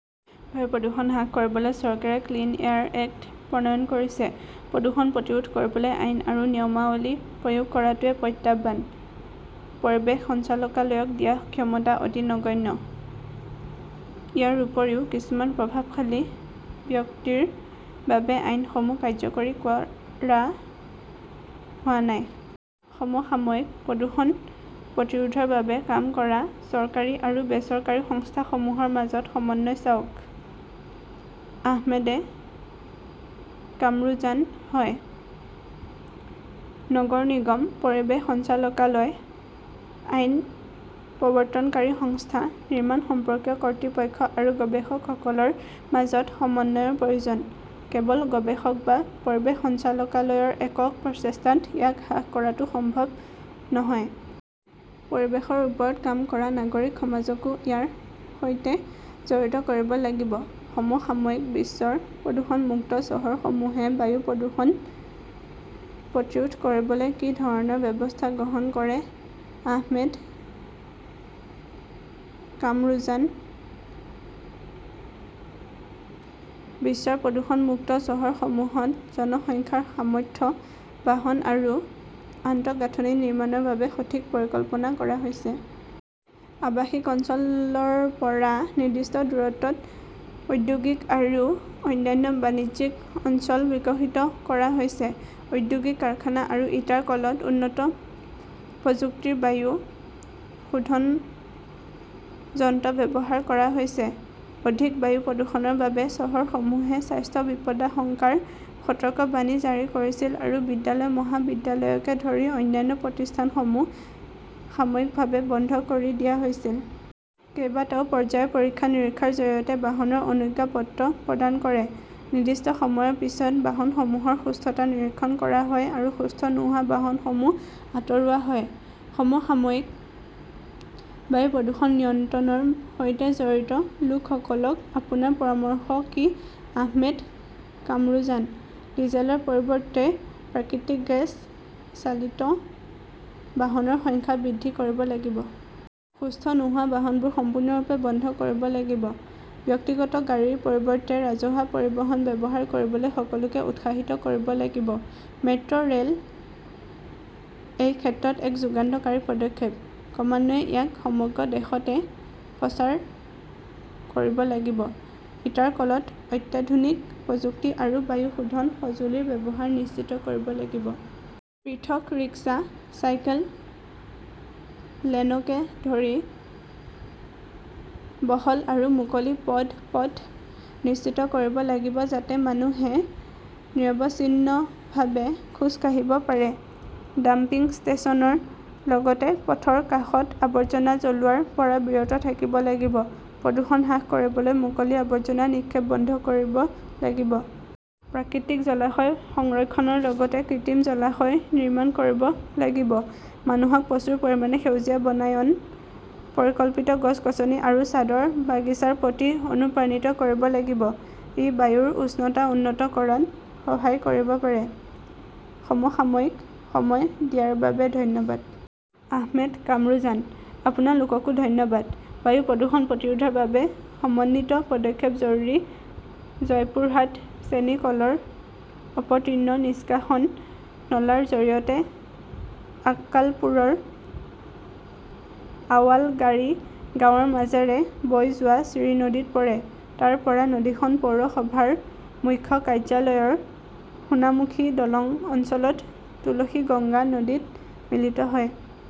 বায়ু প্ৰদূষণ হ্ৰাস কৰিবলৈ চৰকাৰে 'ক্লিন এয়াৰ এক্ট প্ৰণয়ন কৰিছে। প্ৰদূষণ প্ৰতিৰোধ কৰিবলৈ আইন আৰু নিয়মাৱলী প্ৰয়োগ কৰাটোৱেই প্ৰত্যাহ্বান। পৰিৱেশ সঞ্চালকালয়ক দিয়া ক্ষমতা অতি নগণ্য। ইয়াৰ উপৰিও কিছুমান প্ৰভাৱশালী ব্যক্তিৰ বাবে আইনসমূহ কাৰ্যকৰী কৰা হোৱা নাই। সমসাময়িকঃ প্ৰদূষণ প্ৰতিৰোধৰ বাবে কাম কৰা চৰকাৰী আৰু বেচৰকাৰী সংস্থাসমূহৰ মাজত সমন্বয় চাওক? আহমেদ কামৰুজানঃ হয়। নগৰ নিগম, পৰিৱেশ সঞ্চালকালয়, আইন প্ৰৱৰ্তনকাৰী সংস্থা, নিৰ্মাণ সম্পৰ্কীয় কৰ্তৃপক্ষ আৰু গৱেষকসকলৰ মাজত সমন্বয়ৰ প্ৰয়োজন। কেৱল গৱেষক বা পৰিৱেশ সঞ্চালকালয়ৰ একক প্ৰচেষ্টাত ইয়াক হ্ৰাস কৰাটো সম্ভৱ নহয়। পৰিৱেশৰ ওপৰত কাম কৰা নাগৰিক সমাজকো ইয়াৰ সৈতে জড়িত কৰিব লাগিব। সমসাময়িকঃ বিশ্বৰ প্ৰদূষণমুক্ত চহৰসমূহে বায়ু প্ৰদূষণ প্ৰতিৰোধ কৰিবলৈ কি ধৰণৰ ব্যৱস্থা গ্ৰহণ কৰে আহমেদ কামৰুজানঃ বিশ্বৰ প্ৰদূষণমুক্ত চহৰসমূহত জনসংখ্যাৰ সামৰ্থ্য, বাহন আৰু আন্তঃগাঁথনি নিৰ্মাণৰ বাবে সঠিক পৰিকল্পনা কৰা হৈছে। আৱাসিক অঞ্চলৰ পৰা নিৰ্দিষ্ট দূৰত্বত ঔদ্যোগিক আৰু অন্যান্য বাণিজ্যিক অঞ্চল বিকশিত কৰা হৈছে। ঔদ্যোগিক কাৰখানা আৰু ইটাৰ কলত উন্নত প্ৰযুক্তিৰ বায়ু শোধন যন্ত্ৰ ব্যৱহাৰ কৰা হৈছে। অধিক বায়ু প্ৰদূষণৰ বাবে চহৰসমূহে স্বাস্থ্য বিপদাশংকাৰ সতৰ্কবাণী জাৰি কৰিছিল আৰু বিদ্যালয়-মহাবিদ্যালয়কে ধৰি অন্যান্য প্ৰতিষ্ঠানসমূহ সাময়িকভাৱে বন্ধ কৰি দিয়া হৈছিল। কেইবাটাও পৰ্যায়ৰ পৰীক্ষা-নিৰীক্ষাৰ জৰিয়তে বাহনৰ অনুজ্ঞাপত্ৰ প্ৰদান কৰে। নিৰ্দিষ্ট সময়ৰ পিছত বাহনসমূহৰ সুস্থতা নিৰীক্ষণ কৰা হয় আৰু সুস্থ নোহোৱা বাহনসমূহ আঁতৰোৱা হয়। সমসাময়িকঃ বায়ু প্ৰদূষণ নিয়ন্ত্ৰণৰ সৈতে জড়িত লোকসকলক আপোনাৰ পৰামৰ্শ কি আহমেদ কামৰুজানঃ ডিজেলৰ পৰিৱৰ্তে প্ৰাকৃতিক গেছ চালিত বাহনৰ সংখ্যা বৃদ্ধি কৰিব লাগিব। সুস্থ নোহোৱা বাহনবোৰ সম্পূৰ্ণৰূপে বন্ধ কৰিব লাগিব। ব্যক্তিগত গাড়ীৰ পৰিৱৰ্তে ৰাজহুৱা পৰিবহণ ব্যৱহাৰ কৰিবলৈ সকলোকে উৎসাহিত কৰিব লাগিব। মেট্ৰ ৰেল এই ক্ষেত্ৰত এক যুগান্তকাৰী পদক্ষেপ। ক্ৰমান্বয়ে ইয়াক সমগ্ৰ দেশতে প্ৰচাৰ কৰিব লাগিব। ইটাৰ কলত অত্যাধুনিক প্ৰযুক্তি আৰু বায়ু শোধন সঁজুলিৰ ব্যৱহাৰ নিশ্চিত কৰিব লাগিব। পৃথক ৰিক্সা, চাইকেল লেনকে ধৰি বহল আৰু মুকলি পদপথ নিশ্চিত কৰিব লাগিব যাতে মানুহে নিৰবিচ্ছিন্নভাৱে খোজ কাঢ়িব পাৰে। ডাম্পিং ষ্টেচনৰ লগতে পথৰ কাষত আৱৰ্জনা জ্বলোৱাৰ পৰা বিৰত থাকিব লাগিব। প্ৰদূষণ হ্ৰাস কৰিবলৈ মুকলি আৱৰ্জনা নিক্ষেপ বন্ধ কৰিব লাগিব। প্ৰাকৃতিক জলাশয় সংৰক্ষণৰ লগতে কৃত্ৰিম জলাশয় নিৰ্মাণ কৰিব লাগিব। মানুহক প্ৰচুৰ পৰিমাণে সেউজীয়া বনায়ন, পৰিকল্পিত গছ-গছনি আৰু ছাদৰ বাগিচাৰ প্ৰতি অনুপ্ৰাণিত কৰিব লাগিব। ই বায়ুৰ উষ্ণতা উন্নত কৰাত সহায় কৰিব পাৰে। সমসাময়িকঃ সময় দিয়াৰ বাবে ধন্যবাদ। আহমেদ কামৰুজানঃ আপোনালোককো ধন্যবাদ। বায়ু প্ৰদূষণ প্ৰতিৰোধৰ বাবে সমন্বিত পদক্ষেপ জৰুৰী জয়পুৰহাট চেনি কলৰ অপতৃণ নিষ্কাশন নলাৰ জৰিয়তে আক্কালপুৰৰ আৱালগাড়ী গাঁৱৰ মাজেৰে বৈ যোৱা চিৰি নদীত পৰে। তাৰ পৰা নদীখন পৌৰসভাৰ মুখ্য কাৰ্যালয়ৰ সোনামুখী দলং অঞ্চলত তুলসীগঙ্গা নদীত মিলিত হয়।